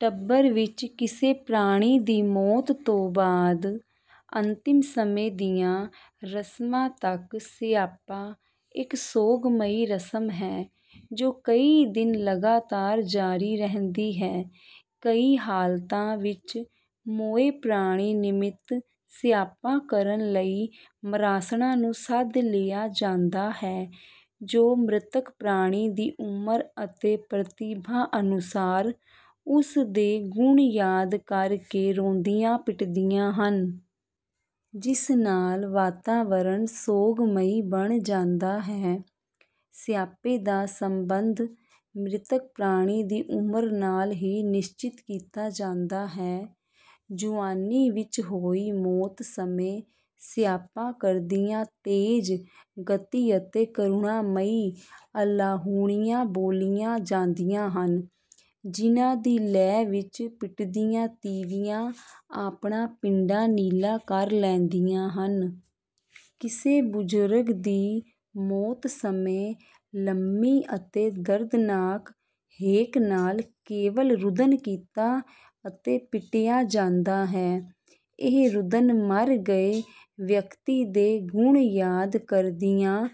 ਟੱਬਰ ਵਿੱਚ ਕਿਸੇ ਪ੍ਰਾਣੀ ਦੀ ਮੌਤ ਤੋਂ ਬਾਅਦ ਅੰਤਿਮ ਸਮੇਂ ਦੀਆਂ ਰਸਮਾਂ ਤੱਕ 'ਸਿਆਪਾ' ਇੱਕ ਸੋਗਮਈ ਰਸਮ ਹੈ ਜੋ ਕਈ ਦਿਨ ਲਗਾਤਾਰ ਜਾਰੀ ਰਹਿੰਦੀ ਹੈ। ਕਈ ਹਾਲਤਾਂ ਵਿੱਚ ਮੋਏ ਪ੍ਰਾਣੀ ਨਿਮਿਤ ਸਿਆਪਾ ਕਰਨ ਲਈ ਮਰਾਸਣਾਂ ਨੂੰ ਸੱਦ ਲਿਆ ਜਾਂਦਾ ਹੈ ਜੋ ਮ੍ਰਿਤਕ ਪ੍ਰਾਣੀ ਦੀ ਉਮਰ ਅਤੇ ਪ੍ਰਤਿਭਾ ਅਨੁਸਾਰ, ਉਸ ਦੇ ਗੁਣ ਯਾਦ ਕਰ ਕੇ ਰੋਂਦੀਆਂ ਪਿੱਟਦੀਆਂ ਹਨ। ਜਿਸ ਨਾਲ ਵਾਤਾਵਰਨ ਸੋਗਮਈ ਬਣ ਜਾਂਦਾ ਹੈ। ਸਿਆਪੇ ਦਾ ਸੰਬੰਧ ਮ੍ਰਿਤਕ ਪ੍ਰਾਣੀ ਦੀ ਉਮਰ ਨਾਲ ਵੀ ਨਿਸ਼ਚਿਤ ਕੀਤਾ ਜਾਂਦਾ ਹੈ। ਜੁਆਨੀ ਵਿੱਚ ਹੋਈ ਮੌਤ ਸਮੇਂ ਸਿਆਪਾ ਕਰਦਿਆਂ ਤੇਜ਼ ਗਤੀ ਅਤੇ ਕਰੁਣਾਮਈ ਅਲਾਹੁਣੀਆਂ ਬੋਲੀਆਂ ਜਾਂਦੀਆਂ ਹਨ, ਜਿਨ੍ਹਾਂ ਦੀ ਲੈਅ ਵਿੱਚ ਪਿੱਟਦੀਆਂ ਤੀਵੀਆਂ ਆਪਣਾ ਪਿੰਡਾ ਨੀਲਾ ਕਰ ਲੈਂਦੀਆਂ ਹਨ। ਕਿਸੇ ਬਜ਼ੁਰਗ ਦੀ ਮੌਤ ਸਮੇਂ ਲੰਮੀ ਅਤੇ ਦਰਦਨਾਕ ਹੇਕ ਨਾਲ ਕੇਵਲ ਰੁਦਨ ਕੀਤਾ ਅਤੇ ਪਿੱਟਿਆ ਜਾਂਦਾ ਹੈ। ਇਹ ਰੁਦਨ ਮਰ ਗਏ ਵਿਅਕਤੀ ਦੇ ਗੁਣ ਯਾਦ ਕਰਦਿਆਂ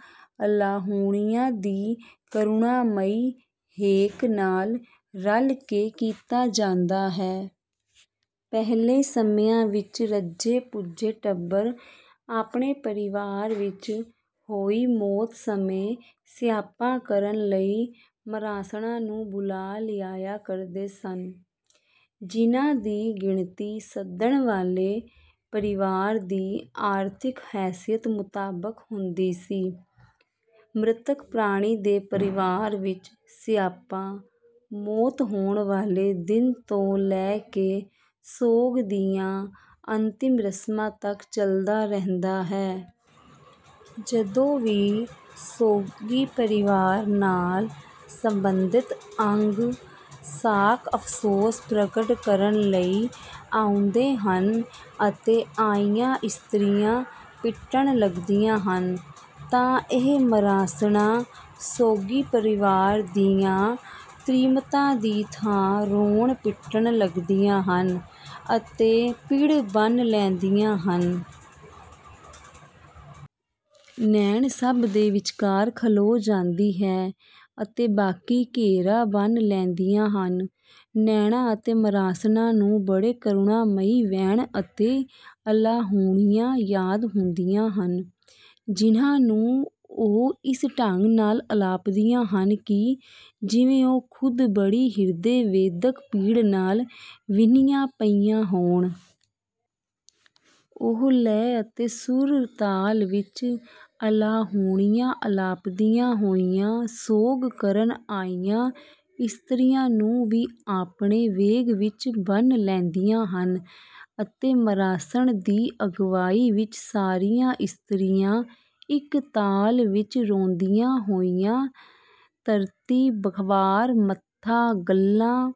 ਅਲਾਹੁਣੀਆਂ ਦੀ ਕਰੁਣਾਮਈ ਹੇਕ ਨਾਲ ਰਲ ਕੇ ਕੀਤਾ ਜਾਂਦਾ ਹੈ। ਪਹਿਲੇ ਸਮਿਆਂ ਵਿੱਚ ਰੱਜੇ-ਪੁੱਜੇ ਟੱਬਰ ਆਪਣੇ ਪਰਿਵਾਰ ਵਿੱਚ ਹੋਈ ਮੌਤ ਸਮੇਂ ਸਿਆਪਾ ਕਰਨ ਲਈ ਮਰਾਸਣਾਂ ਨੂੰ ਬੁਲਾ ਲਿਆਇਆ ਕਰਦੇ ਸਨ। ਜਿਨ੍ਹਾਂ ਦੀ ਗਿਣਤੀ ਸੱਦਣ ਵਾਲੇ ਪਰਿਵਾਰ ਦੀ ਆਰਥਿਕ ਹੈਸੀਅਤ ਮੁਤਾਬਕ ਹੁੰਦੀ ਸੀ। ਮ੍ਰਿਤਕ ਪ੍ਰਾਣੀ ਦੇ ਪਰਿਵਾਰ ਵਿੱਚ ਸਿਆਪਾ, ਮੌਤ ਹੋਣ ਵਾਲੇ ਦਿਨ ਤੋਂ ਲੈ ਕੇ ਸੋਗ ਦੀਆਂ ਅੰਤਿਮ ਰਸਮਾਂ ਤੱਕ ਚੱਲਦਾ ਰਹਿੰਦਾ ਹੈ। ਜਦੋਂ ਵੀ ਸੋਗੀ ਪਰਿਵਾਰ ਨਾਲ ਸੰਬੰਧਿਤ ਅੰਗ-ਸਾਕ ਅਫ਼ਸੋਸ ਪ੍ਰਗਟ ਕਰਨ ਲਈ ਆਉਂਦੇ ਹਨ ਅਤੇ ਆਈਆਂ ਇਸਤਰੀਆਂ ਪਿੱਟਣ ਲੱਗਦੀਆਂ ਹਨ ਤਾਂ ਇਹ ਮਰਾਸਣਾਂ, ਸੋਗੀ ਪਰਿਵਾਰ ਦੀਆਂ ਤ੍ਰੀਮਤਾਂ ਦੀ ਥਾਂ ਰੋਣ-ਪਿੱਟਣ ਲੱਗਦੀਆਂ ਹਨ ਅਤੇ ਪਿੜ ਬੰਨ੍ਹ ਲੈਂਦੀਆਂ ਹਨ। ਨੈਣ ਸਭ ਦੇ ਵਿਚਕਾਰ ਖਲੋ ਜਾਂਦੀ ਹੈ ਅਤੇ ਬਾਕੀ ਘੇਰਾ ਬੰਨ੍ਹ ਲੈਂਦੀਆਂ ਹਨ। ਨੈਣਾਂ ਅਤੇ ਮਰਾਸਣਾਂ ਨੂੰ ਬੜੇ ਕਰੁਣਾਮਈ ਵੈਣ ਅਤੇ ਅਲਾਹੁਣੀਆਂ ਯਾਦ ਹੁੰਦੀਆਂ ਹਨ ਜਿਨ੍ਹਾਂ ਨੂੰ ਉਹ ਇਸ ਢੰਗ ਨਾਲ ਅਲਾਪਦੀਆਂ ਹਨ ਕਿ ਜਿਵੇਂ ਉਹ ਖ਼ੁਦ ਬੜੀ ਹਿਰਦੇਵੇਦਕ ਪੀੜ ਨਾਲ ਵਿੰਨ੍ਹੀਆਂ ਪਈਆਂ ਹੋਣ। ਉਹ ਲੈਅ ਅਤੇ ਸੁਰ-ਤਾਲ ਵਿੱਚ ਅਲਾਹੁਣੀਆਂ ਅਲਾਪਦੀਆਂ ਹੋਈਆਂ ਸੋਗ ਕਰਨ ਆਈਆਂ ਇਸਤਰੀਆਂ ਨੂੰ ਵੀ ਆਪਣੇ ਵੇਗ ਵਿੱਚ ਬੰਨ੍ਹ ਲੈਂਦੀਆਂ ਹਨ ਅਤੇ ਮਰਾਸਣ ਦੀ ਅਗਵਾਈ ਵਿੱਚ ਸਾਰੀਆਂ ਇਸਤਰੀਆਂ ਇੱਕ ਤਾਲ ਵਿੱਚ ਰੋਂਦੀਆਂ ਹੋਈਆਂ ਤਰਤੀਬਵਾਰ, ਮੱਥਾ, ਗੱਲ੍ਹਾਂ,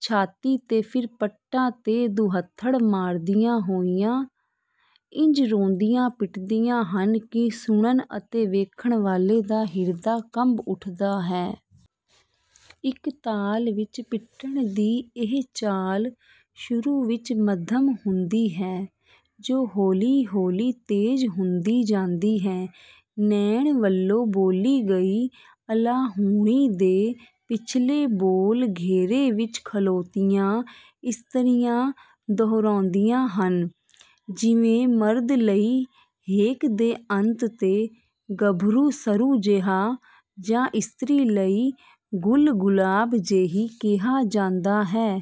ਛਾਤੀ ਤੇ ਫਿਰ ਪੱਟਾਂ ਤੇ ਦੁਹੱਥੜ ਮਾਰਦੀਆਂ ਹੋਈਆਂ ਇੰਝ ਰੋਂਦੀਆਂ ਪਿੱਟਦੀਆਂ ਹਨ ਕਿ ਸੁਣਨ ਅਤੇ ਵੇਖਣ ਵਾਲੇ ਦਾ ਹਿਰਦਾ ਕੰਬ ਉੱਠਦਾ ਹੈ। ਇੱਕ ਤਾਲ ਵਿੱਚ ਪਿੱਟਣ ਦੀ ਇਹ ਚਾਲ ਸ਼ੁਰੂ ਵਿੱਚ ਮੱਧਮ ਹੁੰਦੀ ਹੈ ਜੋ ਹੌਲੀ-ਹੌਲੀ ਤੇਜ਼ ਹੁੰਦੀ ਜਾਂਦੀ ਹੈ। ਨੈਣ ਵੱਲੋਂ ਬੋਲੀ ਗਈ ਅਲਾਹੁਣੀ ਦੇ ਪਿਛਲੇ ਬੋਲ ਘੇਰੇ ਵਿੱਚ ਖਲੋਤੀਆਂ ਇਸਤਰੀਆਂ ਦੁਹਰਾਉਂਦੀਆਂ ਹਨ। ਜਿਵੇਂ ਮਰਦ ਲਈ ਹੇਕ ਦੇ ਅੰਤ 'ਤੇ 'ਗੱਭਰੂ ਸਰੂ ਜਿਹਾ' ਜਾਂ ਇਸਤਰੀ ਲਈ 'ਗੁੱਲ ਗੁਲਾਬ ਜਿਹੀ' ਕਿਹਾ ਜਾਂਦਾ ਹੈ।